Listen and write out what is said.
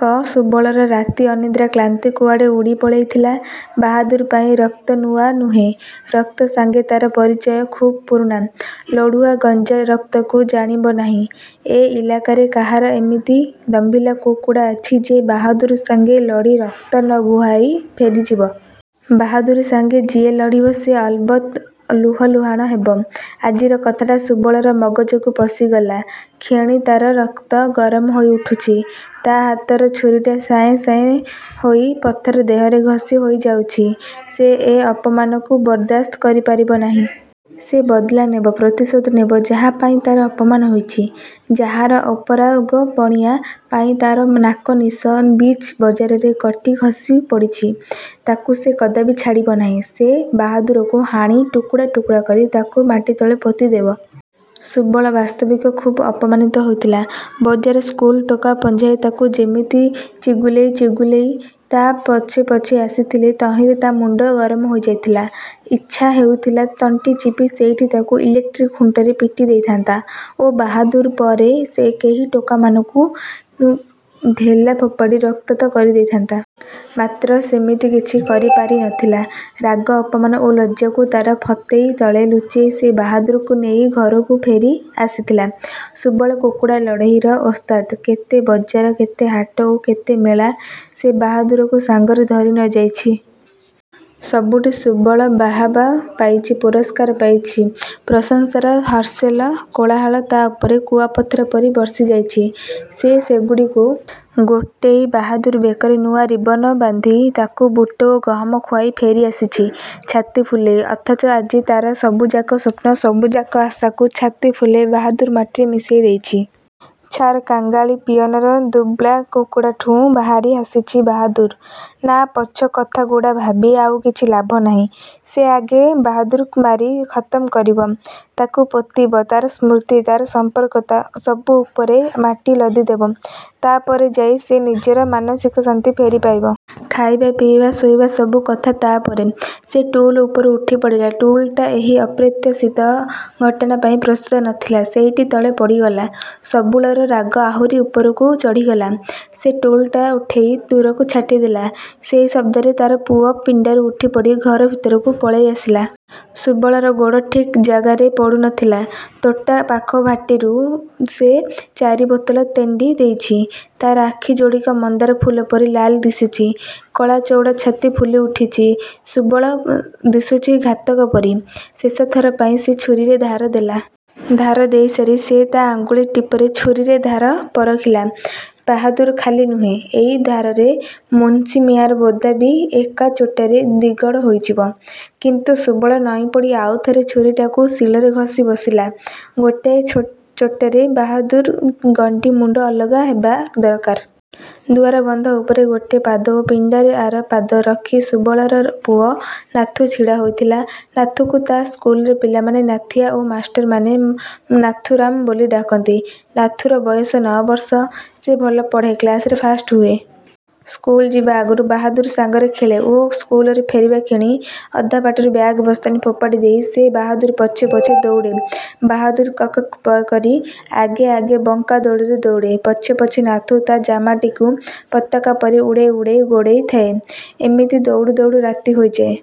କଅ। ସୁବଳର ରାତି ଅନିଦ୍ରା କ୍ଳାନ୍ତି କୁଆଡ଼େ ଉଡ଼ି ପଳେଇଥିଲା। ବାହାଦୁର୍ ପାଇଁ ରକ୍ତ ନୂଆ ନୁହେଁ। ରକ୍ତ ସାଙ୍ଗେ ତାର ପରିଚୟ ଖୁବ୍ ପୁରୁଣା। ଲଢ଼ୁଆ ଗଞ୍ଜା ରକ୍ତକୁ ଜାଣିବ ନାହିଁ! ଏ ଇଲାକାରେ କାହାର ଏମିତି ଦମ୍ଭିଲା କୁକୁଡ଼ା ଅଛି ଯେ ବାହାଦୁର ସାଙ୍ଗେ ଲଢ଼ି ରକ୍ତ ନ ବୁହାଇ ଫେରିଯିବ? ବାହାଦୁର ସାଙ୍ଗେ ଯିଏ ଲଢ଼ିବ, ସେ ଅଲବତ୍ ଲହୁଲୁହାଣ ହେବ। ଆଜିର କଥାଟା ସୁବଳର ମଗଜକୁ ପଶିଗଲା କ୍ଷଣି ତାର ରକ୍ତ ଗରମ ହୋଇଉଠୁଛି। ତା ହାତର ଛୁରୀଟା ସାଏଁ ସାଏଁ ହୋଇ ପଥର ଦେହରେ ଘଷି ହୋଇଯାଉଛି। ସେ ଏ ଅପମାନକୁ ବରଦାସ୍ତ କରିପାରିବ ନାହିଁ। ସେ ବଦ୍ଲା ନେବ। ପ୍ରତିଶୋଧ ନେବ। ଯାହା ପାଇଁ ତାର ଅପମାନ ହୋଇଛି, ଯାହାର ଅପାରଗପଣିଆ ପାଇଁ ତାର ନାକନିଶ ବିଚ୍ ବଜାରରେ କଟି ଖସି ପଡ଼ିଛି, ତାକୁ ସେ କଦାପି ଛାଡ଼ିବ ନାହିଁ। ସେ ବାହାଦୁରକୁ ହାଣି, ଟୁକୁଡ଼ା ଟୁକୁଡ଼ା କରି ତାକୁ ମାଟିତଳେ ପୋତିଦେବ। ସୁବଳ ବାସ୍ତବିକ ଖୁବ୍ ଅପମାନିତ ହୋଇଥିଲା। ବଜାର ସ୍କୁଲ ଟୋକା ପଞ୍ଝାଏ ତାକୁ ଯେମିତି ଛିଗୁଲେଇ ଛିଗୁଲେଇ ତା ପଛେ ପଛେ ଆସିଥିଲେ ତହିଁରେ ତା ମୁଣ୍ଡ ଗରମ ହୋଇଯାଇଥିଲା। ଇଚ୍ଛା ହେଉଥିଲା ତଣ୍ଟିଚିପି ସେଇଠି ତାକୁ ଇଲେକ୍ଟ୍ରି ଖୁଣ୍ଟରେ ପିଟି ଦେଇଥାଆନ୍ତା ଓ ବାହାଦୁର୍ ପରେ ସେହି ଟୋକାମାନଙ୍କୁ ଢେଲା ଫୋପାଡ଼ି ରକ୍ତାକ୍ତ କରିଦେଇଥାଆନ୍ତା। ମାତ୍ର ସେମିତି କିଛି ସେ କରିପାରିନଥିଲା। ରାଗ, ଅପମାନ ଓ ଲଜ୍ଜାକୁ ତାର ଫତେଇ ତଳେ ଲୁଚେଇ ସେ ବାହାଦୁର୍କୁ ନେଇ ଘରକୁ ଫେରି ଆସିଥିଲା। ସୁବଳ କୁକୁଡ଼ା ଲଢ଼େଇର ଓସ୍ତାଦ। କେତେ ବଜାର, କେତେ ହାଟ ଓ କେତେ ମେଳା ସେ ବାହାଦୁରକୁ ସାଙ୍ଗରେ ଧରି ନ ଯାଇଛି! ସବୁଠି ସୁବଳ ବାହାବା ପାଇଛି, ପୁରସ୍କାର ପାଇଛି। ପ୍ରଶଂସାର ହ୍ୱିସିଲ, କୋଳାହଳ ତା ଉପରେ କୁଆପଥର ପରି ବର୍ଷିଯାଇଛି। ସେ ସେଗୁଡ଼ିକୁ ଗୋଟେଇ, ବାହାଦୁର୍ ବେକରେ ନୂଆ ରିବନ ବାନ୍ଧି, ତାକୁ ବୁଟ ଓ ଗହମ ଖୁଆଇ ଫେରିଆସିଛି ଛାତିଫୁଲେଇ। ଅଥଚ ଆଜି ତାର ସବୁଯାକ ସ୍ୱପ୍ନ, ସବୁଯାକ ଆଶାକୁ ଛାତିଫୁଲେଇ ବାହାଦୁର୍ ମାଟିରେ ମିଶେଇଦେଇଛି! ଛାର୍ କାଙ୍ଗାଳି ପିଅନର ଦୁବ୍ଲା କୁକୁଡ଼ାଠୁଁ ହାରି ଆସିଛି ବାହାଦୁର୍। ନା, ପଛ କଥାଗୁଡ଼ା ଭାବି ଆଉ କିଛି ଲାଭ ନାହିଁ। ସେ ଆଗେ ବାହାଦୁର୍କୁ ମାରି ଖତମ୍ କରିବ। ତାକୁ ପୋତିବ, ତାର ସ୍ମୃତି, ତାର ସମ୍ପର୍କ ସବୁ ଉପରେ ମାଟି ଲଦିଦେବ। ତାପରେ ଯାଇ ସେ ନିଜର ମାନସିକ ଶାନ୍ତି ଫେରି ପାଇବ। ଖାଇବା, ପିଇବା, ଶୋଇବା–ସବୁ କଥା ତାପରେ। ସେ ଟୁଲ ଉପରୁ ଉଠିପଡ଼ିଲା। ଟୁଲଟା ଏହି ଅପ୍ରତ୍ୟାଶିତ ଘଟଣା ପାଇଁ ପ୍ରସ୍ତୁତ ନଥିଲା। ସେଇଟି ତଳେ ପଡ଼ିଗଲା। ସୁବଳର ରାଗ ଆହୁରି ଉପରକୁ ଚଢ଼ିଗଲା। ସେ ଟୁଲଟା ଉଠେଇ ଦୂରକୁ ଛାଟିଦେଲା। ସେଇ ଶବ୍ଦରେ ତାର ପୁଅ ପିଣ୍ଡାରୁ ଉଠିପଡ଼ି ଘର ଭିତରକୁ ପଳେଇ ଆସିଲା। ସୁବଳର ଗୋଡ଼ ଠିକ୍ ଜାଗାରେ ପଡ଼ୁ ନଥିଲା। ତୋଟା ପାଖ ଭାଟିରୁ ସେ ଚାରି ବୋତଲ ତେଣ୍ଡିଦେଇଛି। ତାର ଆଖିଯୋଡ଼ିକ ମନ୍ଦାର ଫୁଲ ପରି ଲାଲ୍ ଦିଶୁଛି। କଳା ଚଉଡ଼ା ଛାତି ଫୁଲିଉଠୁଛି। ସୁବଳ ଦିଶୁଛି ଘାତକ ପରି। ଶେଷଥର ପାଇଁ ସେ ଛୁରୀରେ ଧାର ଦେଲା। ଧାର ଦେଇସାରି ସେ ତା ଆଙ୍ଗୁଳି ଟିପରେ ଛୁରୀର ଧାର ପରଖିଲା। ବାହାଦୁର ଖାଲି ନୁହେଁ, ଏଇ ଧାରରେ ମୁନ୍ସି ମିଆଁର ବୋଦା ବି ଏକାଚୋଟରେ ଦିଗଡ଼ ହୋଇଯିବ। କିନ୍ତୁ ସୁବଳ ନଇଁପଡ଼ି ଆଉଥରେ ଛୁରୀଟାକୁ ଶିଳରେ ଘଷି ବସିଲା। ଗୋଟାଏ ଚୋଟରେ ବାହାଦୁର୍ର ଗଣ୍ଡି ମୁଣ୍ଡ ଅଲଗା ହେବା ଦରକାର। ଦୁଆର ବନ୍ଧ ଉପରେ ଗୋଟେ ପାଦ ଓ ପିଣ୍ଡାରେ ଆର ପାଦ ରଖି ସୁବଳର ପୁଅ ନାଥୁ ଛିଡ଼ା ହୋଇଥିଲା। ନାଥୁକୁ ତା ସ୍କୁଲର ପିଲାମାନେ ନାଥିଆ ଓ ମାଷ୍ଟରମାନେ ନାଥୁରାମ ବୋଲି ଡାକନ୍ତି। ନାଥୁର ବୟସ ନଅ ବର୍ଷ। ସେ ଭଲ ପଢ଼େ, କ୍ଲାସରେ ଫାଷ୍ଟ ହୁଏ। ସ୍କୁଲ ଯିବା ଆଗରୁ ବାହାଦୁର ସାଙ୍ଗରେ ଖେଳେ ଓ ସ୍କୁଲରୁ ଫେରିବା କ୍ଷଣି ଅଧାବାଟରୁ ବ୍ୟାଗ ବସ୍ତାନି ଫୋପାଡ଼ି ଦେଇ ସେ ବାହାଦୁର ପଛେ ପଛେ ଦଉଡ଼େ। ବାହାଦୁର କକ୍କକ୍ କରି ଆଗେ ଆଗେ ବଙ୍କା ଦଉଡ଼ରେ ଦଉଡ଼େ, ପଛେ ପଛେ ନାଥୁ ତା ଜାମାଟିକୁ ପତାକା ପରି ଉଡ଼େଇ ଉଡ଼େଇ ଗୋଡ଼ଉଥାଏ। ଏମିତି ଦଉଡୁ ଦଉଡୁ ରାତି ହୋଇଯାଏ।